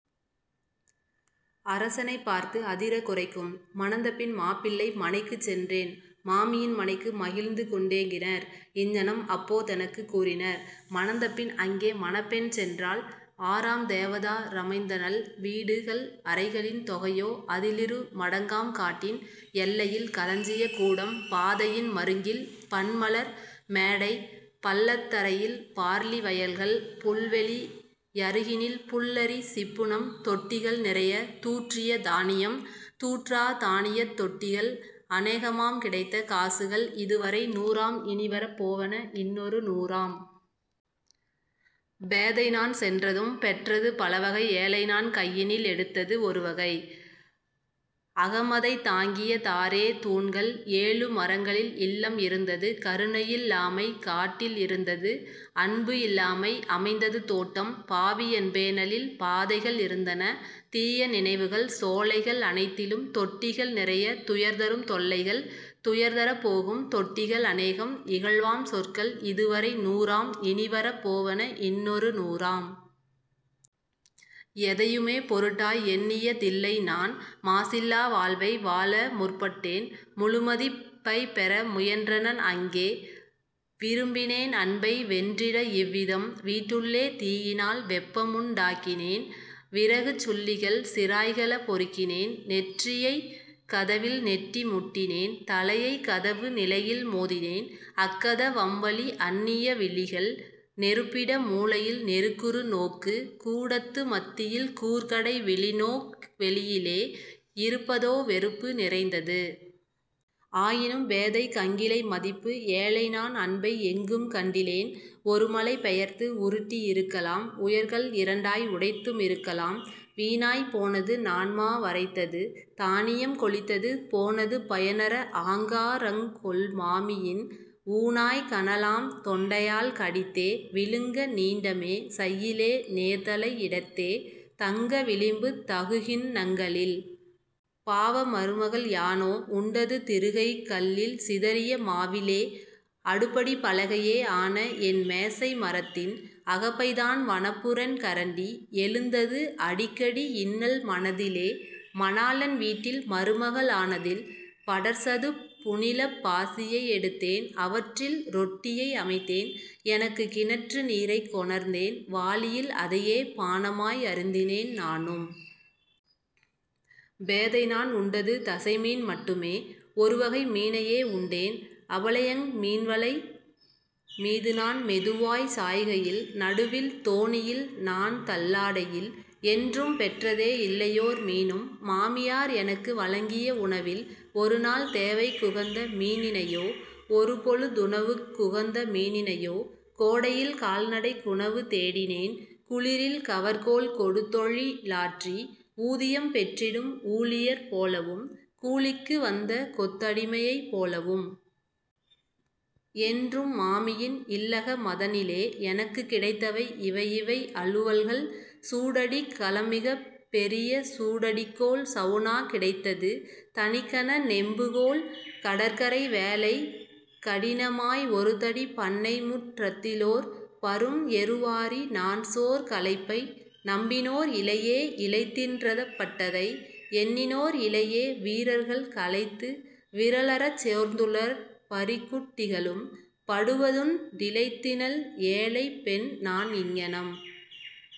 அரசெனைப் பார்த்து அதிரக் குரைக்கும். மணந்தபின் மாப்பிள்ளை மனைக்குச் சென்றேன் மாமியின் மனைக்கு மகிழ்ந்துகொண்டேகினர் இங்ஙனம் அப்போ தெனக்குக் கூறினர் மணந்தபின் அங்கே மணப்பெண் சென்றால் ஆறாம் தேவதாரமைத்தநல் வீடுகள் அறைகளின் தொகையோ அதிலிருமடங்காம் காட்டின் எல்லையில் களஞ்சியக் கூடம் பாதையின் மருங்கில் பன்மலர் மேடை பள்ளத் தரையில் பார்லி வயல்கள் புல்வெளி யருகினில் புல்லரி சிப்புனம் தொட்டிகள் நிறையத் தூற்றிய தானியம் தூற்றாத் தானியத் தொட்டிகள் அனேகமாம் கிடைத்த காசுகள் இதுவரை நூறாம் இனிவரப் போவன இன்னொரு நூறாம். பேதைநான் சென்றதும் பெற்றது பலவகை ஏழைநான் கையினில் எடுத்தது ஒருவகை. அகமதைத் தாங்கிய தாறே தூண்கள் ஏழு மரங்களில் இல்லம் இருந்தது கருணையில்லாமை காட்டில் இருந்தது அன்புஇல்லாமை அமைந்தது தோட்டம் பாவியென் பேணலில் பாதைகள் இருந்தன தீய நினைவுகள் சோலைகள் அனைத்திலும் தொட்டிகள் நிறையத் துயர்தரும் தொல்லைகள் துயர்தரப் போகும் தொட்டிகள் அனேகம் இகழ்வாம் சொற்கள் இதுவரை நூறாம் இனிவரப் போவன இன்னொரு நூறாம். எதையுமே பொருட்டாய் எண்ணிய தில்லைநான் மாசில்லா வாழ்வை வாழமுற் பட்டேன் முழுமதிப் பைப்பெற முயன்றனன் அங்கே விரும்பினேன் அன்பை வென்றிட இவ்விதம் வீட்டுள்ளே தீயினால் வெப்பமுண் டாக்கினேன் விறகுச் சுள்ளிகள் சிராய்கள் பொறுக்கினேன் நெற்றியைக் கதவில் நெட்டி முட்டினேன் தலையைக் கதவு நிலையில் மோதினேன். அக்கத வம்வழி அன்னிய விழிகள் நெருப்பிட மூலையில் நெருக்குறு நோக்கு கூடத்து மத்தியில் கூர்கடை விழிநோக் வெளியிலே இருப்பதோ வெறுப்பு நிறைந்தது. ஆயினும் பேதைக் கங்கிலை மதிப்பு ஏழைநான் அன்பை எங்கும் கண்டிலேன் ஒருமலை பெயர்த்து உருட்டி யிருக்கலாம் உயர்கல் இரண்டாய் உடைத்து மிருக்கலாம். வீணாய் போனது நான்மா வரைத்தது தானியம் கொழித்தது போனது பயனற ஆங்கா ரங்கொள் மாமியின் ஊணாய் கனலாம் தொண்டையால் கடித்தே விழுங்க நீண்டமே சையிலே நேர்தலை யிடத்தே தங்க விளிம்புத் தகுகிண் ணங்களில். பாவ மருமகள் யானோ உண்டது திருகைக் கல்லில் சிதறிய மாவிலே அடுப்படிப் பலகையே ஆனஎன் மேசை மரத்தின் அகப்பைதான் வனப்புறென் கரண்டி. எழுந்தது அடிக்கடி இன்னல் மனதிலே மணாளன் வீட்டில் மருமக ளானதில் படர்சதுப் புநிலப் பாசியை எடுத்தேன் அவற்றில் ரொட்டியை அமைத்தேன் எனக்கு கிணற்று நீரைக் கொணர்ந்தேன் வாளியில் அதையே பானமாய் அருந்தினேன் நானும். பேதைநான் உண்டது தசைமீன் மட்டுமே ஒருவகை மீனையே உண்டேன் அபலையங் மீன்வலை மீதுநான் மெதுவாய்ச் சாய்கையில் நடுவில் தோணியில் நான்தள் ளாடையில். என்றும் பெற்றதே இல்லையோர் மீனும் மாமியார் எனக்கு வழங்கிய உணவில் ஒருநாள் தேவைக் குகந்த மீனினையோ ஒருபொழு துணவுக் குகந்த மீனினையோ. கோடையில் கால்நடைக் குணவு தேடினேன் குளிரில் கவர்க்கோல் கொடுதொழி லாற்றி ஊதியம் பெற்றிடும் ஊழியர் போலவும் கூலிக்கு வந்தகொத் தடிமையைப் போலவும். என்றும் மாமியின் இல்லக மதனிலே எனக்குக் கிடைத்தவை இவையிவை அலுவல்கள் சூடடிக் களம்மிகப் பெரியசூ டடிக்கோல் சவுனா கிடைத்தது தனிக்கன நெம்புகோல் கடற்கரை வேலைக் கடினமாய் ஒருதடி பண்ணைமுற் றத்திலோர் பரும்எரு வாரி நான்சோர் களைப்பை நம்பினோர் இலையே இளைத்தினற் பட்டதை எண்ணினோர் இலையே வீரர்கள் களைத்து விறலறச் சோர்ந்துளர் பரிக்குட் டிகளும் படுவதுண் டிளைத்தினல். ஏழைப்பெண்நான் இங்ஙனம்